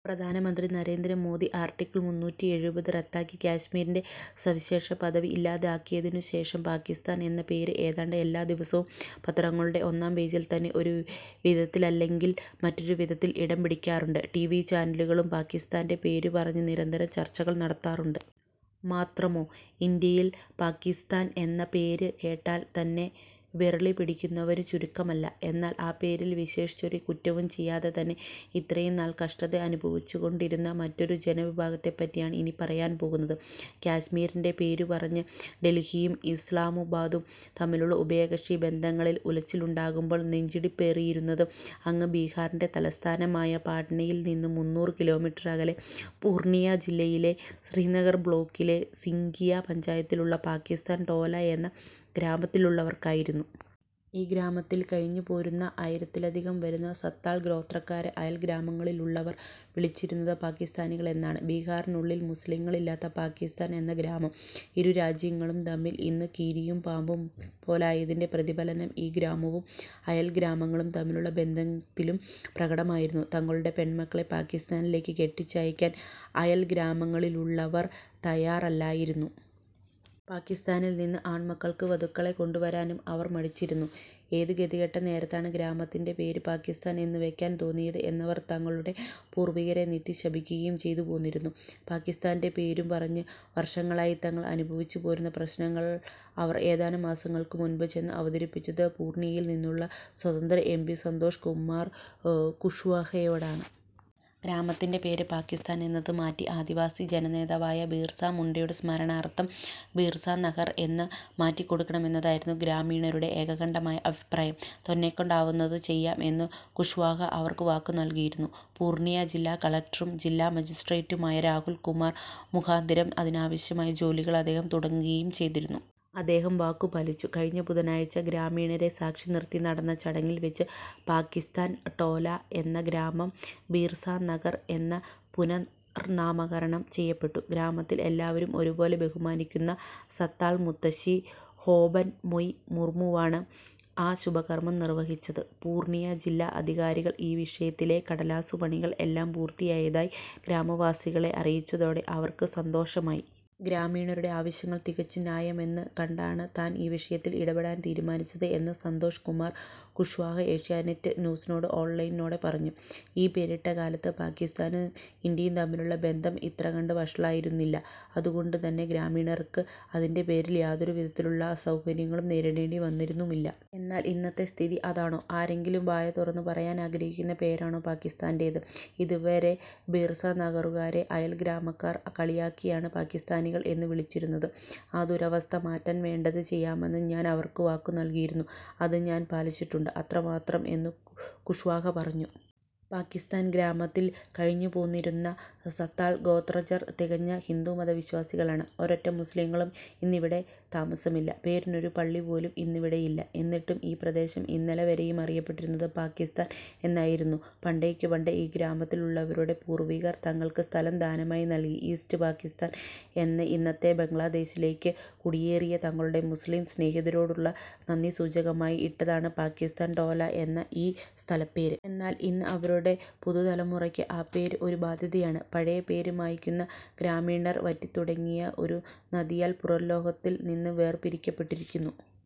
പ്രധാനമന്ത്രി നരേന്ദ്ര മോദി ആർട്ടിക്കിൾ മൂന്നൂറ്റി എഴുപത് റദ്ദാക്കി കശ്മീരിൻ്റെ സവിശേഷപദവി ഇല്ലാതാക്കിയതിനു ശേഷം, പാകിസ്ഥാൻ എന്ന പേര് ഏതാണ്ട് എല്ലാദിവസവും പത്രങ്ങളുടെ ഒന്നാം പേജിൽ തന്നെ ഒരു വിധത്തിലല്ലെങ്കിൽ മറ്റൊരുവിധത്തിൽ ഇടം പിടിക്കാറുണ്ട്. ടിവി ചാനലുകളും പാകിസ്ഥാൻ്റെ പേരും പറഞ്ഞ് നിരന്തരം ചർച്ചകൾ നടത്താറുണ്ട്. മാത്രമോ, ഇന്ത്യയിൽ പാകിസ്ഥാൻ എന്ന പേര് കേട്ടാൽ തന്നെ വിറളിപിടിക്കുന്നവരും ചുരുക്കമല്ല. എന്നാൽ ആ പേരിൽ, വിശേഷിച്ചൊരു കുറ്റവും ചെയ്യാതെ തന്നെ, ഇത്രയും നാൾ കഷ്ടത അനുഭവിച്ചുകൊണ്ടിരുന്ന മറ്റൊരു ജനവിഭാഗത്തെപ്പറ്റിയാണ് ഇനി പറയാൻ പോകുന്നത്. കശ്മീരിൻ്റെ പേരും പറഞ്ഞ് ഡൽഹിയും ഇസ്ലാമാബാദും തമ്മിലുള്ള ഉഭയകക്ഷി ബന്ധങ്ങളിൽ ഉലച്ചിലുണ്ടാകുമ്പോൾ നെഞ്ചിടിപ്പേറിയിരുന്നത്, അങ്ങ് ബിഹാറിൻ്റെ തലസ്ഥാനമായ പട്നയിൽ നിന്ന് മുന്നൂറ് കിലോമീറ്റർ അകലെ, പൂർണിയ ജില്ലയിലെ ശ്രീനഗർ ബ്ലോക്കിലെ സിംഘിയ പഞ്ചായത്തിലുള്ള പാകിസ്ഥാൻ ടോലാ എന്ന ഗ്രാമത്തിലുള്ളവർക്കായിരുന്നു. ഈ ഗ്രാമത്തിൽ കഴിഞ്ഞുപോരുന്ന ആയിരത്തിലധികം വരുന്ന സാന്താൾ ഗോത്രക്കാരെ അയൽഗ്രാമങ്ങളിലുള്ളവർ വിളിച്ചിരുന്നത് പാകിസ്ഥാനികൾ എന്നാണ്. ബിഹാറിനുള്ളിൽ മുസ്ലിങ്ങളില്ലാത്ത പാകിസ്ഥാൻ എന്ന ഗ്രാമം, ഇരു രാജ്യങ്ങളും തമ്മിൽ ഇന്ന് കീരിയും പാമ്പും പോലായതിൻ്റെ പ്രതിഫലനം ഈ ഗ്രാമവും അയൽ ഗ്രാമങ്ങളും തമ്മിലുള്ള ബന്ധത്തിലും പ്രകടമായിരുന്നു. തങ്ങളുടെ പെൺമക്കളെ പാകിസ്ഥാനിലേക്ക് കെട്ടിച്ചയക്കാൻ അയൽഗ്രാമങ്ങളിലുള്ളവർ തയ്യാറല്ലായിരുന്നു. പാകിസ്ഥാനിൽ നിന്ന് ആൺമക്കൾക്ക് വധുക്കളെ കൊണ്ടുവരാനും അവർ മടിച്ചിരുന്നു. ഏത് ഗതികെട്ട നേരത്താണ് ഗ്രാമത്തിൻ്റെ പേര് പാകിസ്ഥാൻ എന്ന് വെക്കാൻ തോന്നിയത് എന്നവർ തങ്ങളുടെ പൂർവ്വികരെ നിത്യം ശപിക്കുകയും ചെയ്തുപോന്നിരുന്നു. പാകിസ്ഥാൻ്റെ പേരും പറഞ്ഞ് വർഷങ്ങളായി തങ്ങൾ അനുഭവിച്ചുപോരുന്ന പ്രശ്നങ്ങൾ അവർ ഏതാനും മാസങ്ങൾക്ക് മുൻപ് ചെന്ന് അവതരിപ്പിച്ചത് പൂർണിയയിൽ നിന്നുള്ള സ്വതന്ത്ര എം പി സന്തോഷ് കുമാർ കുഷ്വാഹയോടാണ്. ഗ്രാമത്തിൻ്റെ പേര് പാകിസ്ഥാൻ എന്നത് മാറ്റി, ആദിവാസി ജനനേതാവായ ബിർസാ മുണ്ടയുടെ സ്മരണാർത്ഥം ബിർസാനഗർ എന്ന് മാറ്റിക്കൊടുക്കണം എന്നതായിരുന്നു ഗ്രാമീണരുടെ ഏകകണ്ഠമായ അഭിപ്രായം. തന്നെക്കൊണ്ടാവുന്നത് ചെയ്യാം എന്ന് കുഷ്വാഹ അവർക്ക് വാക്കുനൽകിയിരുന്നു. പൂർണിയ ജില്ലാ കളക്ടറും ജില്ലാ മജിസ്ട്രേറ്റുമായ രാഹുൽ കുമാർ മുഖാന്തിരം അതിനാവശ്യമായ ജോലികൾ അദ്ദേഹം തുടങ്ങുകയും ചെയ്തിരുന്നു. അദ്ദേഹം വാക്കുപാലിച്ചു. കഴിഞ്ഞ ബുധനാഴ്ച, ഗ്രാമീണരെ സാക്ഷിനിർത്തി നടന്ന ചടങ്ങിൽ വെച്ച് പാകിസ്ഥാൻ ടോലാ എന്ന ഗ്രാമം ബിർസാനഗർ എന്ന് പുനർനാമകരണം ചെയ്യപ്പെട്ടു. ഗ്രാമത്തിൽ എല്ലാവരും ഒരുപോലെ ബഹുമാനിക്കുന്ന സാന്താൾ മുത്തശ്ശി ഹോപൻമൊയ് മുർമുവാണ് ആ ശുഭകർമ്മം നിർവ്വഹിച്ചത്. പൂർണിയ ജില്ലാ അധികാരികൾ ഈ വിഷയത്തിലെ കടലാസുപണികൾ എല്ലാം പൂർത്തിയായതായി ഗ്രാമവാസികളെ അറിയിച്ചതോടെ അവർക്ക് സന്തോഷമായി. ഗ്രാമീണരുടെ ആവശ്യങ്ങൾ തികച്ചും ന്യായമെന്ന് കണ്ടാണ് താൻ ഈ വിഷയത്തിൽ ഇടപെടാൻ തീരുമാനിച്ചത് എന്ന് സന്തോഷ് കുമാർ കുഷ്വാഹ ഏഷ്യാനെറ്റ് ന്യൂസ് ഓൺലൈനിനോട് പറഞ്ഞു. ഈ പേരിട്ട കാലത്ത് പാകിസ്ഥാനും ഇന്ത്യയും തമ്മിലുള്ള ബന്ധം ഇത്രകണ്ട് വഷളായിരുന്നില്ല. അതുകൊണ്ടുതന്നെ ഗ്രാമീണർക്ക് അതിൻ്റെ പേരിൽ യാതൊരു വിധത്തിലുള്ള അസൗകര്യങ്ങളും നേരിടേണ്ടി വന്നിരുന്നുമില്ല. എന്നാൽ ഇന്നത്തെ സ്ഥിതി അതാണോ? ആരെങ്കിലും വായ തുറന്ന് പറയാൻ ആഗ്രഹിക്കുന്ന പേരാണോ പാക്കിസ്ഥാൻ്റേത്? ഇതുവരെ ബിർസാനഗറുകാരെ അയൽഗ്രാമക്കാർ കളിയാക്കിയാണ് പാകിസ്ഥാനികൾ എന്ന് വിളിച്ചിരുന്നത്. ആ ദുരവസ്ഥ മാറ്റാൻ വേണ്ടത് ചെയ്യാമെന്ന് ഞാൻ അവർക്ക് വാക്കുനൽകിയിരുന്നു. അത് ഞാൻ പാലിച്ചിട്ടുണ്ട്, അത്രമാത്രം എന്ന് കുഷ്വാഹ പറഞ്ഞു. പാകിസ്ഥാൻ ഗ്രാമത്തിൽ കഴിഞ്ഞുപോന്നിരുന്ന സാന്താൾ ഗോത്രജർ തികഞ്ഞ ഹിന്ദുമത വിശ്വാസികളാണ്. ഒരൊറ്റ മുസ്ലിങ്ങളും ഇന്നിവിടെ താമസമില്ല. പേരിനൊരു പള്ളി പോലും ഇന്നിവിടെയില്ല. എന്നിട്ടും ഈ പ്രദേശം ഇന്നലെ വരെയും അറിയപ്പെട്ടിരുന്നത് പാകിസ്ഥാൻ എന്നായിരുന്നു. പണ്ടേക്കുപണ്ടേ ഈ ഗ്രാമത്തിലുള്ളവരുടെ പൂർവ്വികർ, തങ്ങൾക്ക് സ്ഥലം ദാനമായി നൽകി ഈസ്റ്റ് പാകിസ്ഥാൻ എന്ന ഇന്നത്തെ ബംഗ്ലാദേശിലേക്ക് കുടിയേറിയ തങ്ങളുടെ മുസ്ലിം സ്നേഹിതരോടുള്ള നന്ദിസൂചകമായി ഇട്ടതാണ് പാകിസ്ഥാൻ ടോലാ എന്ന ഈ സ്ഥലപ്പേര്. എന്നാൽ ഇന്ന് അവരുടെ പുതുതലമുറയ്ക്ക് ആ പേര് ഒരു ബാധ്യതയാണ്. പഴയ പേര് മായ്ക്കുന്ന ഗ്രാമീണർ വറ്റിത്തുടങ്ങിയ ഒരു നദിയാൽ പുറംലോകത്തിൽ നിന്ന് വേർപിരിക്കപ്പെട്ടിരിക്കുന്നു.